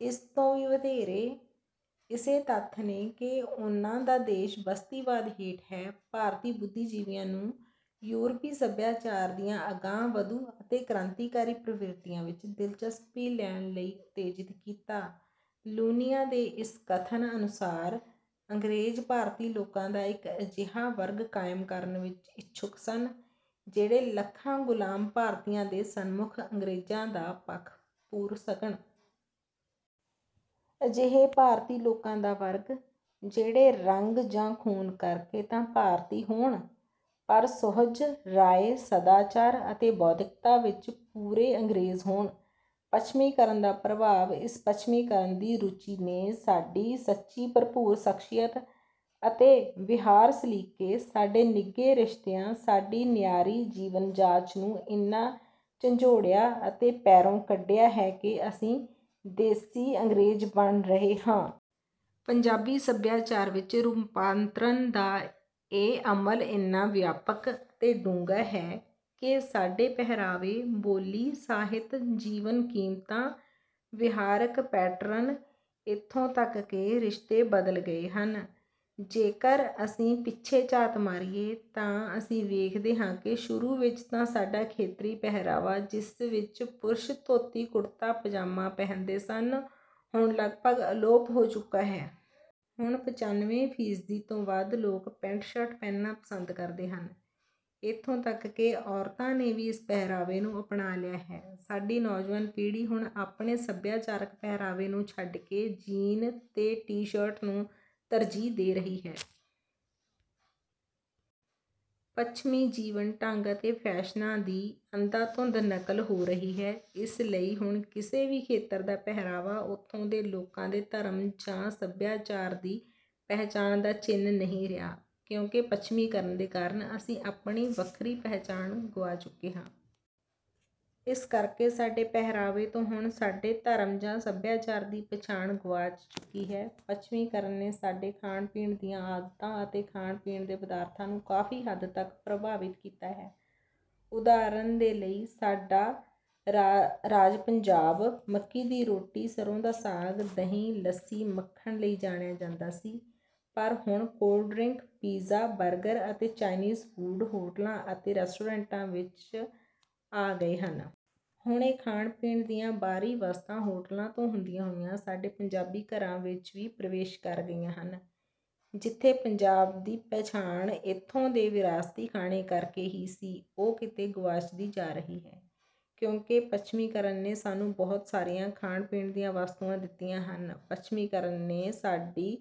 ਇਸ ਤੋਂ ਵੀ ਵਧੇਰੇ, ਇਸੇ ਤੱਥ ਨੇ ਕਿ ਉਨ੍ਹਾਂ ਦਾ ਦੇਸ਼ ਬਸਤੀਵਾਦ ਹੇਠ ਹੈ, ਭਾਰਤੀ ਬੁੱਧੀਜੀਵੀਆਂ ਨੂੰ ਯੂਰਪੀ ਸਭਿਆਚਾਰ ਦੀਆਂ ਅਗਾਂਹ-ਵਧੂ ਅਤੇ ਕ੍ਰਾਂਤੀਕਾਰੀ ਪ੍ਰਵਿਰਤੀਆਂ ਵਿੱਚ ਦਿਲਚਸਪੀ ਲੈਣ ਲਈ ਉਤੇਜਿਤ ਕੀਤਾ। ਲੂਨੀਆਂ ਦੇ ਕਥਨ ਅਨੁਸਾਰ, "ਅੰਗਰੇਜ਼ ਭਾਰਤੀ ਲੋਕਾਂ ਦਾ ਇੱਕ ਅਜਿਹਾ ਵਰਗ ਕਾਇਮ ਕਰਨ ਵਿੱਚ ਇੱਛੁਕ ਸਨ, ਜਿਹੜੇ ਲੱਖਾਂ ਗ਼ੁਲਾਮ ਭਾਰਤੀਆਂ ਦੇ ਸਨਮੁਖ ਅੰਗਰੇਜ਼ਾਂ ਦਾ ਪੱਖ ਪੂਰ ਸਕਣ। ਅਜਿਹੇ ਭਾਰਤੀ ਲੋਕਾਂ ਦਾ ਵਰਗ, ਜਿਹੜੇ ਰੰਗ ਜਾਂ ਖੂਨ ਕਰਕੇ ਤਾਂ ਭਾਰਤੀ ਹੋਣ, ਪਰ ਸੁਹਜ, ਰਾਏ, ਸਦਾਚਾਰ ਅਤੇ ਬੌਧਿਕਤਾ ਵਿੱਚ ਪੂਰੇ ਅੰਗਰੇਜ਼ ਹੋਣ।" ਪੱਛਮੀਕਰਨ ਦਾ ਪ੍ਰਭਾਵ: ਇਸ ਪੱਛਮੀਕਰਨ ਦੀ ਰੁਚੀ ਨੇ ਸਾਡੀ ਸੱਚੀ-ਭਰਪੂਰ ਸ਼ਖ਼ਸੀਅਤ, ਸਾਡੇ ਵਿਹਾਰ-ਸਲੀਕੇ, ਸਾਡੇ ਨਿੱਘੇ ਰਿਸ਼ਤਿਆਂ, ਸਾਡੀ ਨਿਆਰੀ ਜੀਵਨ-ਜਾਚ ਨੂੰ ਇੰਨਾ ਝੰਜੋੜਿਆ ਅਤੇ ਪੈਰੋਂ ਕੱਢਿਆ ਹੈ ਕਿ ਅਸੀਂ 'ਦੇਸੀ ਅੰਗਰੇਜ਼' ਬਣ ਰਹੇ ਹਾਂ। ਪੰਜਾਬੀ ਸਭਿਆਚਾਰ ਵਿੱਚ ਰੂਪਾਂਤਰਨ ਦਾ ਇਹ ਅਮਲ ਇੰਨਾ ਵਿਆਪਕ ਅਤੇ ਡੂੰਘਾ ਹੈ ਕਿ ਸਾਡੇ ਪਹਿਰਾਵੇ, ਬੋਲੀ, ਸਾਹਿਤ, ਜੀਵਨ-ਕੀਮਤਾਂ, ਵਿਹਾਰਕ ਪੈਟਰਨ, ਇੱਥੋਂ ਤੱਕ ਕਿ ਰਿਸ਼ਤੇ ਬਦਲ ਗਏ ਹਨ। ਜੇਕਰ ਅਸੀਂ ਪਿੱਛੇ ਝਾਤ ਮਾਰੀਏ, ਤਾਂ ਅਸੀਂ ਵੇਖਦੇ ਹਾਂ ਕਿ ਸ਼ੁਰੂ ਵਿੱਚ ਸਾਡਾ ਖੇਤਰੀ ਪਹਿਰਾਵਾ, ਜਿਸ ਵਿੱਚ ਪੁਰਸ਼ ਧੋਤੀ-ਕੁਰਤਾ, ਪਜਾਮਾ ਪਹਿਨਦੇ ਸਨ, ਹੁਣ ਲਗਭਗ ਅਲੋਪ ਹੋ ਚੁੱਕਾ ਹੈ। ਹੁਣ ਪੰਚਾਨਵੇਂ ਫੀਸਦੀ ਤੋਂ ਵੱਧ ਲੋਕ ਪੈਂਟ-ਸ਼ਰਟ ਪਹਿਨਣਾ ਪਸੰਦ ਕਰਦੇ ਹਨ। ਇੱਥੋਂ ਤੱਕ ਕਿ ਔਰਤਾਂ ਨੇ ਵੀ ਇਸ ਪਹਿਰਾਵੇ ਨੂੰ ਅਪਣਾ ਲਿਆ ਹੈ। ਸਾਡੀ ਨੌਜਵਾਨ ਪੀੜ੍ਹੀ ਹੁਣ ਆਪਣੇ ਸਭਿਆਚਾਰਕ ਪਹਿਰਾਵੇ ਨੂੰ ਛੱਡ ਕੇ ਜੀਨ ਤੇ ਟੀ-ਸ਼ਰਟ ਨੂੰ ਹੀ ਤਰਜੀਹ ਦੇ ਰਹੀ ਹੈ। ਪੱਛਮੀ ਜੀਵਨ-ਢੰਗ ਅਤੇ ਫ਼ੈਸ਼ਨਾਂ ਦੀ ਅੰਧਾ-ਧੁੰਦ ਨਕਲ ਹੋ ਰਹੀ ਹੈ। ਇਸ ਲਈ ਹੁਣ ਕਿਸੇ ਵੀ ਖੇਤਰ ਦਾ ਪਹਿਰਾਵਾ ਉੱਥੋਂ ਦੇ ਲੋਕਾਂ ਦੇ ਧਰਮ ਜਾਂ ਸਭਿਆਚਾਰ ਦੀ ਪਹਿਚਾਣ ਦਾ ਚਿੰਨ੍ਹ ਨਹੀਂ ਰਿਹਾ, ਕਿਉਂਕਿ ਪੱਛਮੀਕਰਨ ਦੇ ਕਾਰਨ ਅਸੀਂ ਆਪਣੀ ਵੱਖਰੀ ਪਹਿਚਾਣ ਨੂੰ ਗੁਆ ਚੁੱਕੇ ਹਾਂ। ਇਸ ਕਰਕੇ ਸਾਡੇ ਪਹਿਰਾਵੇ ਤੋਂ ਹੁਣ ਸਾਡੇ ਧਰਮ ਜਾਂ ਸੱਭਿਆਚਾਰ ਦੀ ਪਛਾਣ ਗੁਆਚ ਚੁੱਕੀ ਹੈ। ਪੱਛਮੀਕਰਨ ਨੇ ਸਾਡੇ ਖਾਣ-ਪੀਣ ਦੀਆਂ ਆਦਤਾਂ ਅਤੇ ਖਾਣ-ਪੀਣ ਦੇ ਪਦਾਰਥਾਂ ਨੂੰ ਕਾਫ਼ੀ ਹੱਦ ਤੱਕ ਪ੍ਰਭਾਵਿਤ ਕੀਤਾ ਹੈ। ਉਦਾਹਰਣ ਦੇ ਲਈ, ਸਾਡਾ ਰਾਜ ਪੰਜਾਬ ਮੱਕੀ ਦੀ ਰੋਟੀ, ਸਰੋਂ ਦਾ ਸਾਗ, ਦਹੀ, ਲੱਸੀ, ਮੱਖਣ ਲਈ ਜਾਣਿਆ ਜਾਂਦਾ ਸੀ, ਪਰ ਹੁਣ ਕੋਲਡ-ਡਰਿੰਕ, ਪੀਜ਼ਾ, ਬਰਗਰ ਅਤੇ ਚਾਈਨੀਜ਼ ਫੂਡ ਹੋਟਲਾਂ ਅਤੇ ਰੈਸਟੋਰੈਂਟਾਂ ਵਿੱਚ ਆ ਗਏ ਹਨ। ਹੁਣ ਇਹ ਖਾਣ-ਪੀਣ ਦੀਆਂ ਬਾਹਰੀ ਵਸਤਾਂ ਹੋਟਲਾਂ ਤੋਂ ਹੁੰਦੀਆਂ ਹੋਈਆਂ ਸਾਡੇ ਪੰਜਾਬੀ ਘਰਾਂ ਵਿੱਚ ਵੀ ਪ੍ਰਵੇਸ਼ ਕਰ ਗਈਆਂ ਹਨ। ਜਿੱਥੇ ਪੰਜਾਬ ਦੀ ਪਛਾਣ ਇੱਥੋਂ ਦੇ ਵਿਰਾਸਤੀ ਖਾਣੇ ਕਰਕੇ ਹੀ ਸੀ, ਉਹ ਕਿਤੇ ਗੁਆਚਦੀ ਜਾ ਰਹੀ ਹੈ, ਕਿਉਂਕਿ ਪੱਛਮੀਕਰਨ ਨੇ ਸਾਨੂੰ ਬਹੁਤ ਸਾਰੀਆਂ ਖਾਣ-ਪੀਣ ਦੀਆਂ ਵਸਤੂਆਂ ਦਿੱਤੀਆਂ ਹਨ। ਪੱਛਮੀਕਰਨ ਨੇ ਸਾਡੀ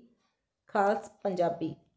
ਖਾਲਸ ਪੰਜਾਬੀ